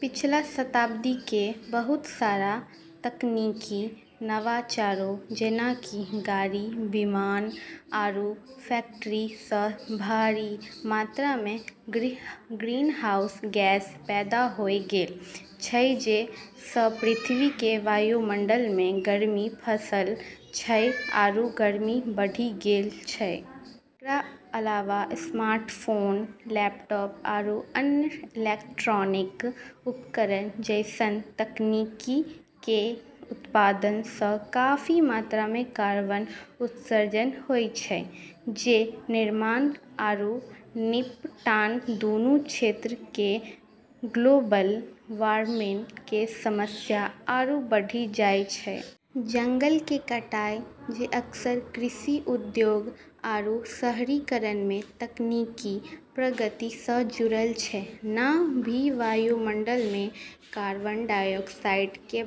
पिछला शताब्दी के बहुत सारा तकनीकी नवाचारो, जेना कि गाड़ी, विमान, आरू फैक्ट्री, स भारी मात्रा मे ग्रीनहाउस गैस पैदा होय गेल छै जेकरा स पृथ्वी के वायुमंडल मे गर्मी फंसल छै आरू गर्मी बढ़ी गेल छै। एकरा अलावा स्मार्टफोन, लैपटॉप, आरू अन्य इलेक्ट्रॉनिक उपकरण जैसन तकनीक के उत्पादन स काफी मात्रा मे कार्बन उत्सर्जन होय छै, जेकर निर्माण आरू निपटान दूनू क्षेत्र मे ग्लोबल वार्मिंग के समस्या आरू बढ़ी जाय छै। जंगल के कटाई, जे अक्सर कृषि, उद्योग आरू शहरीकरण मे तकनीकी प्रगति स जुड़ल छै, न भी वायुमंडल मे कार्बन डाइऑक्साइड के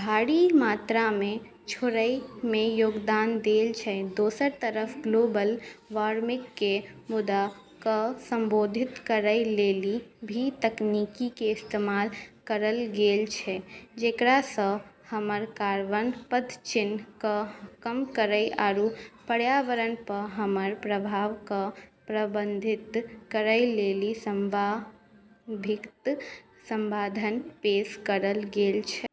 भारी मात्रा मे छोड़ै मे योगदान देल छै। दोसर तरफ, ग्लोबल वार्मिंग के मुद्दा क संबोधित करै लेली भी तकनीक के इस्तेमाल करल गेल छै, जेकरा स हमर कार्बन पदचिह्न क कम करै आरू पर्यावरण प हमर प्रभाव क प्रबंधित करै लेली संभावित समाधान पेश करल गेल छै।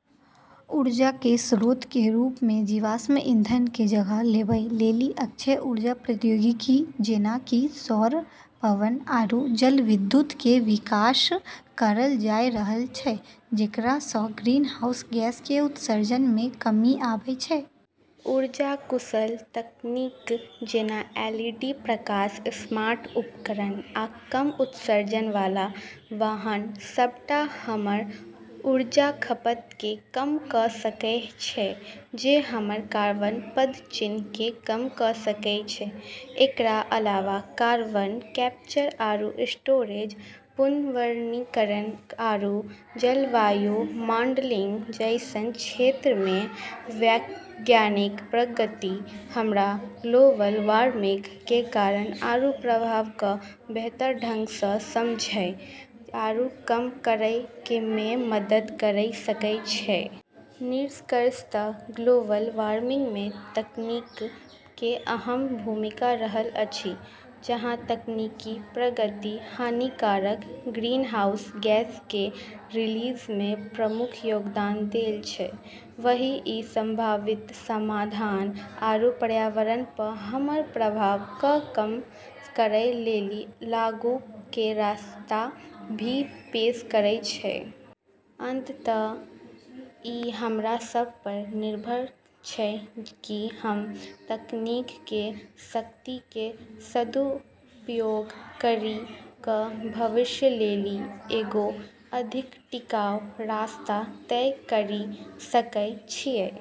ऊर्जा के स्रोत के रूप मे जीवाश्म ईंधन के जगह लेबै लेली अक्षय ऊर्जा प्रौद्योगिकी, जेना कि सौर, पवन आरू जलविद्युत के विकास करल जाय रहल छै, जेकरा स ग्रीनहाउस गैस के उत्सर्जन मे कमी आबै छै। ऊर्जा-कुशल तकनीक, जेना एलईडी प्रकाश, स्मार्ट उपकरण आ कम उत्सर्जन वाला वाहन, सबटा हमर ऊर्जा खपत के कम क सकै छै, जे हमर कार्बन पदचिह्न के कम क सकै छै। एकरा अलावा कार्बन कैप्चर आरू स्टोरेज, पुनर्वनीकरण, आरू जलवायु मॉडलिंग जैसन क्षेत्र मे वैज्ञानिक प्रगति हमरा ग्लोबल वार्मिंग के कारण आरू प्रभाव क बेहतर ढंग स समझै आरू कम करै मे मदद करी सकै छै। निष्कर्षतः ग्लोबल वार्मिंग में तकनीक के अहम भूमिका रहल अछि। जहाँ तकनीकी प्रगति हानिकारक ग्रीनहाउस गैस के रिलीज मे प्रमुख योगदान देल छै, वहीं ई संभावित समाधान आरू पर्यावरण प हमर प्रभाव क कम करै लेली आगू के रास्ता भी पेश करै छै। अंततः ई हमरा सब पर निर्भर छै कि हम तकनीक के शक्ति के सदुपयोग करी क भविष्य लेली एगो अधिक टिकाऊ रास्ता तय करी सकै छियै।